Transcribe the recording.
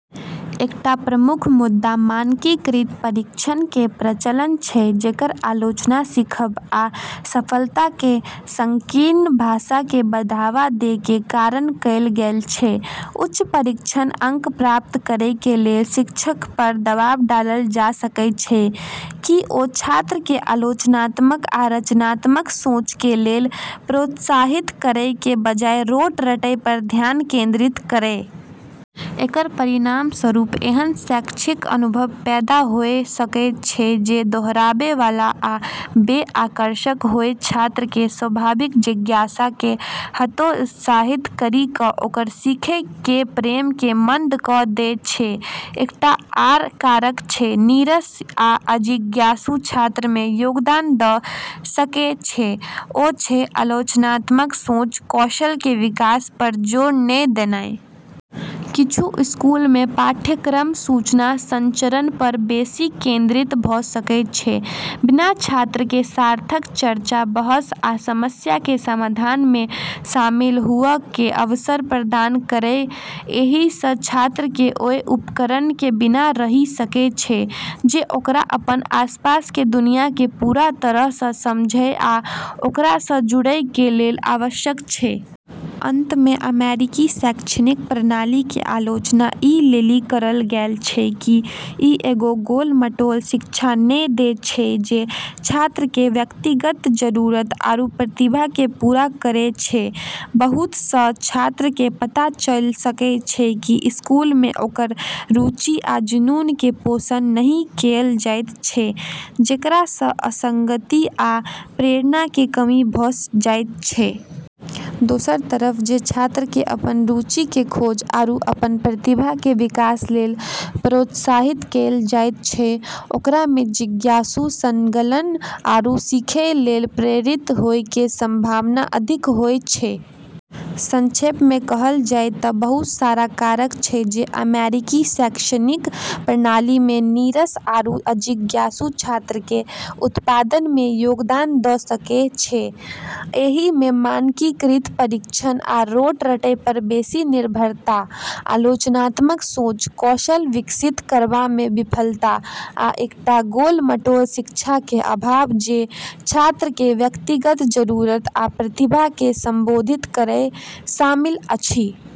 एकटा प्रमुख मुद्दा मानकीकृत परीक्षण के प्रचलन छै, जेकर आलोचना सीखब आ सफलता के संकीर्ण परिभाषा के बढ़ावा दै के कारण कयल गेल छै। उच्च परीक्षण अंक प्राप्त करय के लेल शिक्षक पर दबाव डालल जा सकै छै कि ओ छात्र के आलोचनात्मक आ रचनात्मक सोच के लेल प्रोत्साहित करय के बजाय रोट रटय पर ध्यान केंद्रित करय। एकर परिणामस्वरूप एहन शैक्षिक अनुभव पैदा होय सकै छै जे दोहराबै वाला आ बे-आकर्षक होय, छात्र के स्वाभाविक जिज्ञासा के हतोत्साहित करी कऽ ओकर सीखै के प्रेम के मंद क' दै छै। एकटा आर कारक जे "नीरस आ अजिज्ञासु" छात्र मे योगदान दऽ सकै छै, ओ छै आलोचनात्मक सोच कौशल के विकास पर जोर नै देनाय। किछू स्कूल मे पाठ्यक्रम सूचना संचरण पर बेसि केंद्रित भऽ सकै छै, बिना छात्र के सार्थक चर्चा, बहस आ समस्या के समाधान मे शामिल हुअ के अवसर प्रदान करय। एहि सँ छात्र के ओय उपकरण के बिना रहि सकै छै जे ओकरा अपन आसपास के दुनिया के पूरा तरह सँ समझय आ ओकरा सं जुड़य के लेल आवश्यक छै। अंत मे, अमेरिकी शैक्षणिक प्रणाली के आलोचना ई लेली करल गेल छै कि ई एगो गोल-मटोल शिक्षा नै दै छै जे छात्र के व्यक्तिगत जरूरत आरू प्रतिभा के पूरा करै छै। बहुत सं छात्र के पता चल सकै छै कि स्कूल मे ओकर रुचि आ जुनून के पोषण नहि कएल जाइत छै, जेकरा सं असंगति आ प्रेरणा के कमी भऽ जाइत छै। दोसर तरफ, जे छात्र के अपन रुचि के खोज आरू अपन प्रतिभा के विकास लेल प्रोत्साहित कएल जाइत छै, ओकरा मे जिज्ञासु, संलग्न आरू सीखै लेल प्रेरित होय के संभावना अधिक होय छै। संक्षेप मे कहल जाय तऽ बहुत सारा कारक छै जे अमेरिकी शैक्षणिक प्रणाली मे "नीरस आरू अजिज्ञासु" छात्र के उत्पादन मे योगदान दऽ सकै छै। एहि मे मानकीकृत परीक्षण आ रोट रटय पर बेसि निर्भरता, आलोचनात्मक सोच कौशल विकसित करबा मे विफलता, आ एकटा गोल-मटोल शिक्षा के अभाव जे छात्र के व्यक्तिगत जरूरत आ प्रतिभा के संबोधित करय, शामिल अछि।